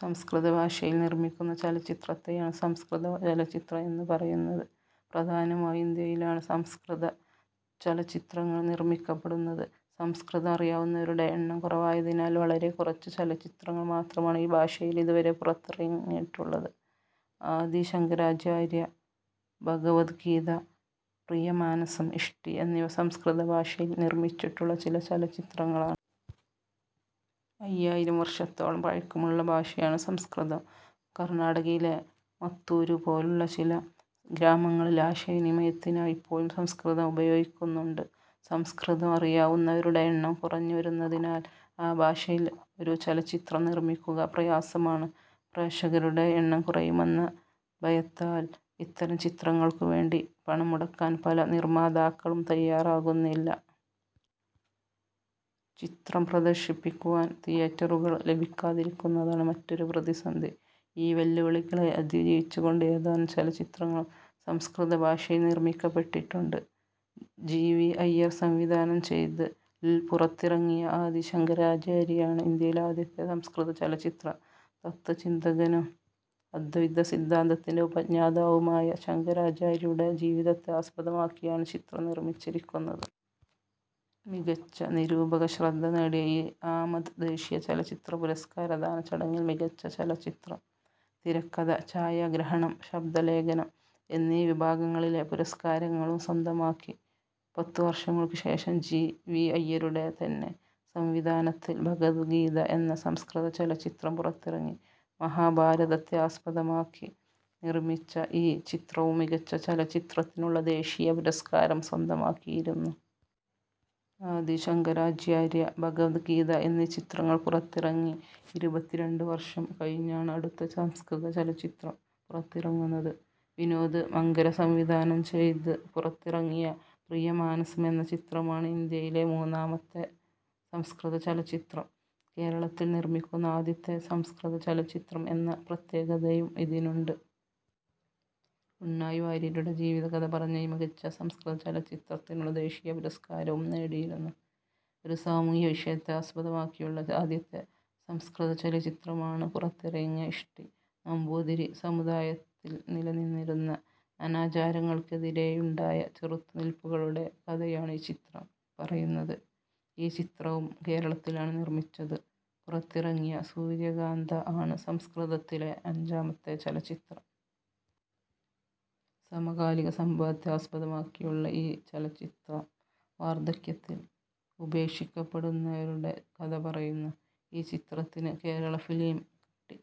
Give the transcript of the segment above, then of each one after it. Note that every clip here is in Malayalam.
സംസ്കൃത ഭാഷയിൽ നിർമ്മിക്കുന്ന ചലച്ചിത്രത്തെയാണ് സംസ്കൃത ചലച്ചിത്രം എന്നുപറയുന്നത്. പ്രധാനമായും ഇന്ത്യയിലാണ് സംസ്കൃതചലച്ചിത്രങ്ങൾ നിർമ്മിക്കപ്പെടുന്നത്. സംസ്കൃതം അറിയാവുന്നവരുടെ എണ്ണം കുറവായതിനാൽ വളരെ കുറച്ച് ചലച്ചിത്രങ്ങൾ മാത്രമാണ് ഈ ഭാഷയിൽ ഇതുവരെ പുറത്തിറങ്ങിയിട്ടുള്ളത്. ആദി ശങ്കരാചാര്യ, ഭഗവദ് ഗീത, പ്രിയമാനസം, ഇഷ്ടി എന്നിവ സംസ്കൃത ഭാഷയിൽ നിർമ്മിച്ചിട്ടുള്ള ചില ചലച്ചിത്രങ്ങളാണ്. അയ്യായിരം വർഷത്തോളം പഴക്കമുള്ള ഭാഷയാണ് സംസ്കൃതം. കർണാടകയിലെ മത്തൂരു പോലുള്ള ചില ഗ്രാമങ്ങളിൽ ആശയവിനിമയത്തിനായി ഇപ്പോഴും സംസ്കൃതം ഉപയോഗിക്കുന്നുണ്ട്. സംസ്കൃതം അറിയാവുന്നവരുടെ എണ്ണം കുറഞ്ഞുവരുന്നതിനാൽ ആ ഭാഷയിൽ ഒരു ചലച്ചിത്രം നിർമ്മിക്കുക പ്രയാസമാണ്. പ്രേക്ഷകരുടെ എണ്ണം കുറയുമെന്ന ഭയത്താൽ ഇത്തരം ചിത്രങ്ങൾക്കു വേണ്ടി പണം മുടക്കാൻ പല നിർമ്മാതാക്കളും തയ്യാറാകുന്നില്ല. ചിത്രം പ്രദർശിപ്പിക്കുവാൻ തീയറ്ററുകൾ ലഭിക്കാതിരിക്കുന്നതാണ് മറ്റൊരു പ്രതിസന്ധി. ഈ വെല്ലുവിളികളെ അതിജീവിച്ചുകൊണ്ട് ഏതാനും ചലച്ചിത്രങ്ങൾ സംസ്കൃത ഭാഷയിൽ നിർമ്മിക്കപ്പെട്ടിട്ടുണ്ട്. ജി. വി. അയ്യർ സംവിധാനം ചെയ്ത് -ൽ പുറത്തിറങ്ങിയ ആദി ശങ്കരാചാര്യയാണ് ഇന്ത്യയിലെ ആദ്യത്തെ സംസ്കൃത ചലച്ചിത്രം. തത്വചിന്തകനും അദ്വൈതസിദ്ധാന്തത്തിന്റെ ഉപജ്ഞാതാവുമായ ശങ്കരാചാര്യരുടെ ജീവിതത്തെ ആസ്പദമാക്കിയാണ് ചിത്രം നിർമ്മിച്ചിരിക്കുന്നത്. മികച്ച നിരൂപകശ്രദ്ധ നേടിയ ഈ -ആമത് ദേശീയ ചലച്ചിത്ര പുരസ്കാരദാനച്ചടങ്ങിൽ മികച്ച ചലച്ചിത്രം, തിരക്കഥ, ഛായാഗ്രഹണം, ശബ്ദലേഖനം എന്നീ വിഭാഗങ്ങളിലെ പുരസ്കാരങ്ങളും സ്വന്തമാക്കി. പത്തുവർഷങ്ങൾക്കു ശേഷം ജി. വി. അയ്യരുടെ തന്നെ സംവിധാനത്തിൽ ഭഗവദ് ഗീത എന്ന സംസ്കൃത ചലച്ചിത്രം പുറത്തിറങ്ങി. മഹാഭാരതത്തെ ആസ്പദമാക്കി നിർമ്മിച്ച ഈ ചിത്രവും മികച്ച ചലച്ചിത്രത്തിനുള്ള ദേശീയ പുരസ്കാരം സ്വന്തമാക്കിയിരുന്നു. ആദി ശങ്കരാചാര്യ, ഭഗവദ് ഗീത എന്നീ ചിത്രങ്ങൾ പുറത്തിറങ്ങി ഇരുപത്തിരണ്ട് വർഷം കഴിഞ്ഞാണ് അടുത്ത സംസ്കൃതചലച്ചിത്രം പുറത്തിറങ്ങുന്നത്. വിനോദ് മങ്കര സംവിധാനം ചെയ്ത് പുറത്തിറങ്ങിയ പ്രിയമാനസം എന്ന ചിത്രമാണ് ഇന്ത്യയിലെ മൂന്നാമത്തെ സംസ്കൃത ചലച്ചിത്രം. കേരളത്തിൽ നിർമ്മിക്കുന്ന ആദ്യത്തെ സംസ്കൃത ചലച്ചിത്രം എന്ന പ്രത്യേകതയും ഇതിനുണ്ട്. ഉണ്ണായി വാര്യരുടെ ജീവിതകഥ പറഞ്ഞ ഈ മികച്ച സംസ്കൃത ചലച്ചിത്രത്തിനുള്ള ദേശീയ പുരസ്കാരവും നേടിയിരുന്നു. ഒരു സാമൂഹ്യ വിഷയത്തെ ആസ്പദമാക്കിയുള്ള ആദ്യത്തെ സംസ്കൃത ചലച്ചിത്രമാണ് പുറത്തിറങ്ങിയ ഇഷ്ടി. നമ്പൂതിരി സമുദായത്തിൽനിലനിന്നിരുന്ന അനാചാരങ്ങൾക്കെതിരെയുണ്ടായ ചെറുത്തുനിൽപ്പുകളുടെ കഥയാണ് ഈ ചിത്രം പറയുന്നത്. ഈ ചിത്രവും കേരളത്തിലാണ് നിർമ്മിച്ചത്. പുറത്തിറങ്ങിയ സൂര്യകാന്തഃ ആണ് സംസ്കൃതത്തിലെ അഞ്ചാമത്തെ ചലച്ചിത്രം. സമകാലിക സംഭവത്തെ ആസ്പദമാക്കിയുള്ള ഈ ചലച്ചിത്രം, വാർദ്ധക്യത്തിൽ ഉപേക്ഷിക്കപ്പെടുന്നവരുടെ കഥപറയുന്നു. ഈ ചിത്രത്തിന് കേരള ഫിലിം ക്സ്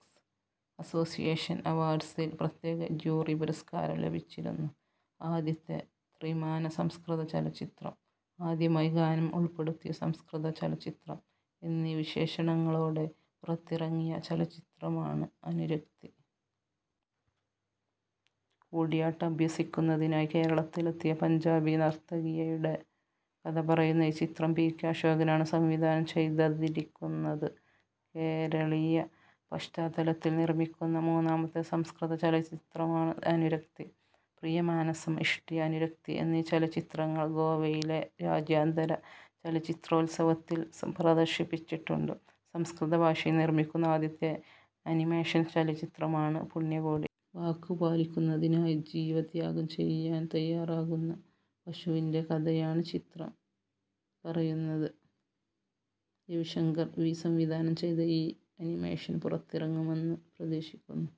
അസോസിയേഷൻ അവാർഡ്സിൽ പ്രത്യേക ജൂറി പുരസ്കാരം ലഭിച്ചിരുന്നു. ആദ്യത്തെ ത്രിമാന സംസ്കൃത ചലച്ചിത്രം, ആദ്യമായി ഗാനം ഉൾപ്പെടുത്തിയ സംസ്കൃത ചലച്ചിത്രം എന്നീ വിശേഷണങ്ങളോടെ പുറത്തിറങ്ങിയ ചലച്ചിത്രമാണ് അനുരക്തി. കൂടിയാട്ടം അഭ്യസിക്കുന്നതിനായി കേരളത്തിലെത്തിയ പഞ്ചാബി നർത്തകിയുടെ കഥ പറയുന്ന ഈ ചിത്രം പി. കെ. അശോകനാണ് സംവിധാനം ചെയ്തതിരിക്കുന്നത്. കേരളീയ പശ്ചാത്തലത്തിൽ നിർമ്മിക്കുന്ന മൂന്നാമത്തെ സംസ്കൃതചലച്ചിത്രമാണ് അനുരക്തി. പ്രിയമാനസം, ഇഷ്ടി, അനുരക്തി എന്നീ ചലച്ചിത്രങ്ങൾ ഗോവയിലെ രാജ്യാന്തര ചലച്ചിത്രോത്സവത്തിൽ പ്രദർശിപ്പിച്ചിട്ടുണ്ട്. സംസ്കൃത ഭാഷയിൽ നിർമ്മിക്കുന്ന ആദ്യത്തെ അനിമേഷൻ ചലച്ചിത്രമാണ് പുണ്യകോടി. വാക്കുപാലിക്കുന്നതിനായി ജീവത്യാഗം ചെയ്യാൻതയ്യാറാകുന്ന പശുവിന്‍റെ കഥയാണ് ചിത്രം പറയുന്നത്. രവി ശങ്കർ വി. സംവിധാനം ചെയ്ത ഈ അനിമേഷൻ പുറത്തിറങ്ങുമെന്ന് പ്രതീക്ഷിക്കുന്നു.